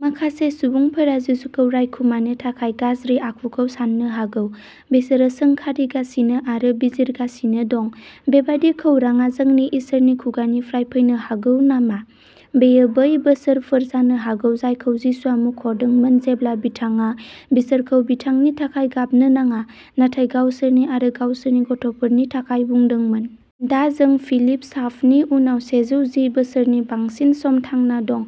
माखासे सुबुंफोरा जिसुखौ रायखुमानो थाखाय गाज्रि आखुखौ साननो हागौ। बिसोरो सोंखारिगासिनो आरो बिजिरगासिनो दं। बेबादि खौरांआ जोंनि इसोरनि खुगानिफ्राय फैनो हागौ नामा? बेयो बै बोसोरफोर जानो हागौ जायखौ जिसुआ मख’दोंमोन जेब्ला बिथाङा बिसोरखौ बिथांनि थाखाय गाबनो नाङा, नाथाय गावसोरनि आरो गावसोरनि गथ'फोरनि थाखाय बुंदोंमोन। दा जों फिलिप साफनि उनाव सेजौ जि बोसोरनि बांसिन सम थांना दं।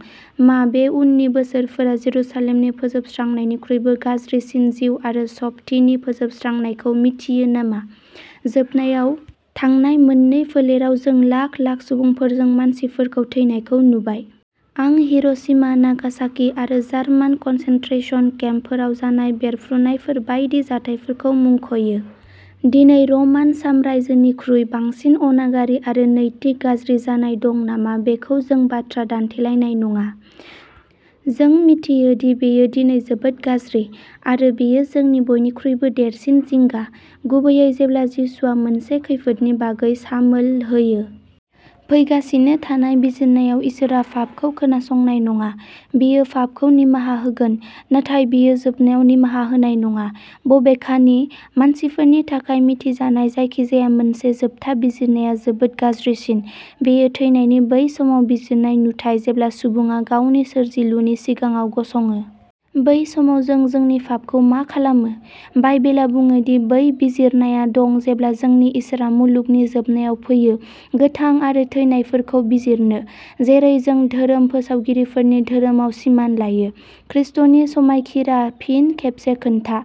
मा बे उननि बोसोरफोरा जेरुसालेमनि फोजोबस्रांनायनिख्रुइबो गाज्रिसिन जिउ आरो सम्पथिनि फोजोबस्रांनायखौ मिथियो नामा? जोबनायाव, थांनाय मोननै फोलेराव जों लाख-लाख सुबुंफोरजों मानसिफोरखौ थैनायखौ नुबाय। आं हिर'शिमा, नागासाकि आरो जार्मान कनसेनट्रेसन केम्पफोराव जानाय बेरफ्रुनायफोर बायदि जाथायफोरखौ मुंख'यो। दिनै रमान साम्रायजोनिख्रुइ बांसिन अनागारि आरो नैतिक गाज्रि जानाय दं नामा बेखौ जों बाथ्रा दानथेलायनाय नङा। जों मिथियो दि बेयो दिनै जोबोद गाज्रि, आरो बेयो जोंनि बयनिख्रुइबो देरसिन जिंगा, गुबैयै जेब्ला जिसुआ मोनसे खैफोदनि बागै सामोल होयो। फैगासिनो थानाय बिजिरनायाव इसोरआ फाफखौ खोनासंनाय नङा। बियो फाफखौ निमाहा होगोन, नाथाय बियो जोबनायाव निमाहा होनाय नङा। बबेखानि, मानसिफोरनि थाखाय मिथिजानाय जायखिजाया मोनसे जोबथा बिजिरनाया जोबोद गाज्रिसिन। बेयो थैनायनि बै समाव बिजिरनाय नुथाय जेब्ला सुबुङा गावनि सोरजिलुनि सिगाङाव गसङो। बै समाव जों जोंनि फाफखौ मा खालामो? बाइबेला बुङो दि बै बिजिरनाया दं जेब्ला जोंनि इसोरआ मुलुगनि जोबनायाव फैयो "गोथां आरो थैनायफोरखौ बिजिरनो", जेरै जों धोरोम फोसावगिरिफोरनि धोरोमाव सिमान लायो। ख्रिस्ट’नि समायखिरा फिन खेबसे खोनथा,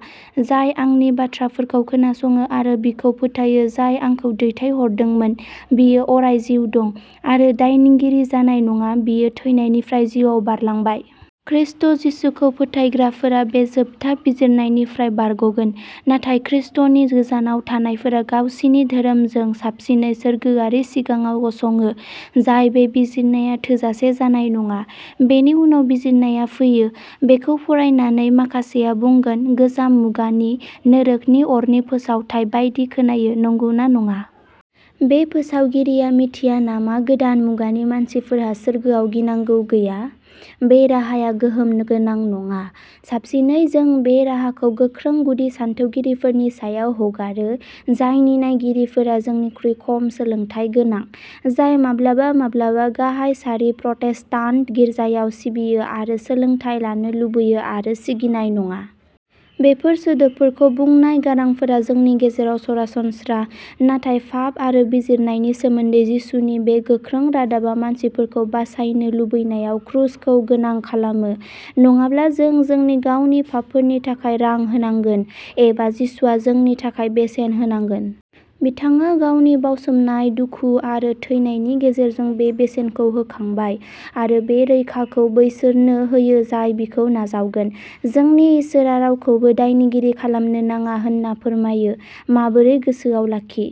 "जाय आंनि बाथ्राफोरखौ खोनासङो आरो बिखौ फोथायो जाय आंखौ दैथायहरदोंमोन बियो अराय जिउ दं, आरो दायनिगिरि जानाय नङा बियो थैनायनिफ्राय जिउआव बारलांबाय। ख्रिस्ट’ जिसुखौ फोथायग्राफोरा बे जोबथा बिजिरनायनिफ्राय बारग'गोन। नाथाय ख्रिस्ट’नि गोजानाव थानायफोरा गावसिनि धोरोमजों साबसिनै सोरगोआरिनि सिगाङाव गसङो, जाय बे बिजिरनाया थोजासे जानाय नङा। बेनि उनाव बिजिरनाया फैयो। बेखौ फरायनानै, माखासेया बुंगोन, गोजाम मुगानि, नोरोखनि अरनि फोसावथाय बायदि खोनायो, नंगौना नङा? बे फोसावगिरिया मिथिया नामा गोदान मुगानि मानसिफोरहा सोरगोआव गिनांगौ गैया? बे राहाया गोहोम गोनां नङा। साबसिनै जों बे राहाखौ गोख्रों गुदि सानथौगिरिफोरनि सायाव हगारो, जायनि नायगिरिफोरा जोंनिख्रुइ खम सोलोंथाय गोनां, जाय माब्लाबा-माब्लाबा गाहाय सारि प्रटेस्टान्ट गिरजायाव सिबियो आरो सोलोंथाय लानो लुबैयो आरो सिगिनाय नङा। बेफोर सोदोबफोरखौ बुंनाय गारांफोरा जोंनि गेजेराव सरासनस्रा, नाथाय फाफ आरो बिजिरनायनि सोमोन्दै जिसुनि बे गोख्रों रादाबा मानसिफोरखौ बासायनो लुबैनायाव क्रुसखौ गोनां खालामो। नङाब्ला जों जोंनि गावनि फाफफोरनि थाखाय रां होनांगोन, एबा जिसुआ जोंनि थाखाय बेसेन होनांगोन। बिथाङा गावनि बावसोमनाय दुखु आरो थैनायनि गेजेरजों बे बेसेनखौ होखांबाय, आरो बे रैखाखौ बैसोरनो होयो जाय बिखौ नाजावगोन। जोंनि इसोरआ रावखौबो दायनिगिरि खालामनो नाङा होनना फोरमायो। माबोरै गोसोआव लाखि।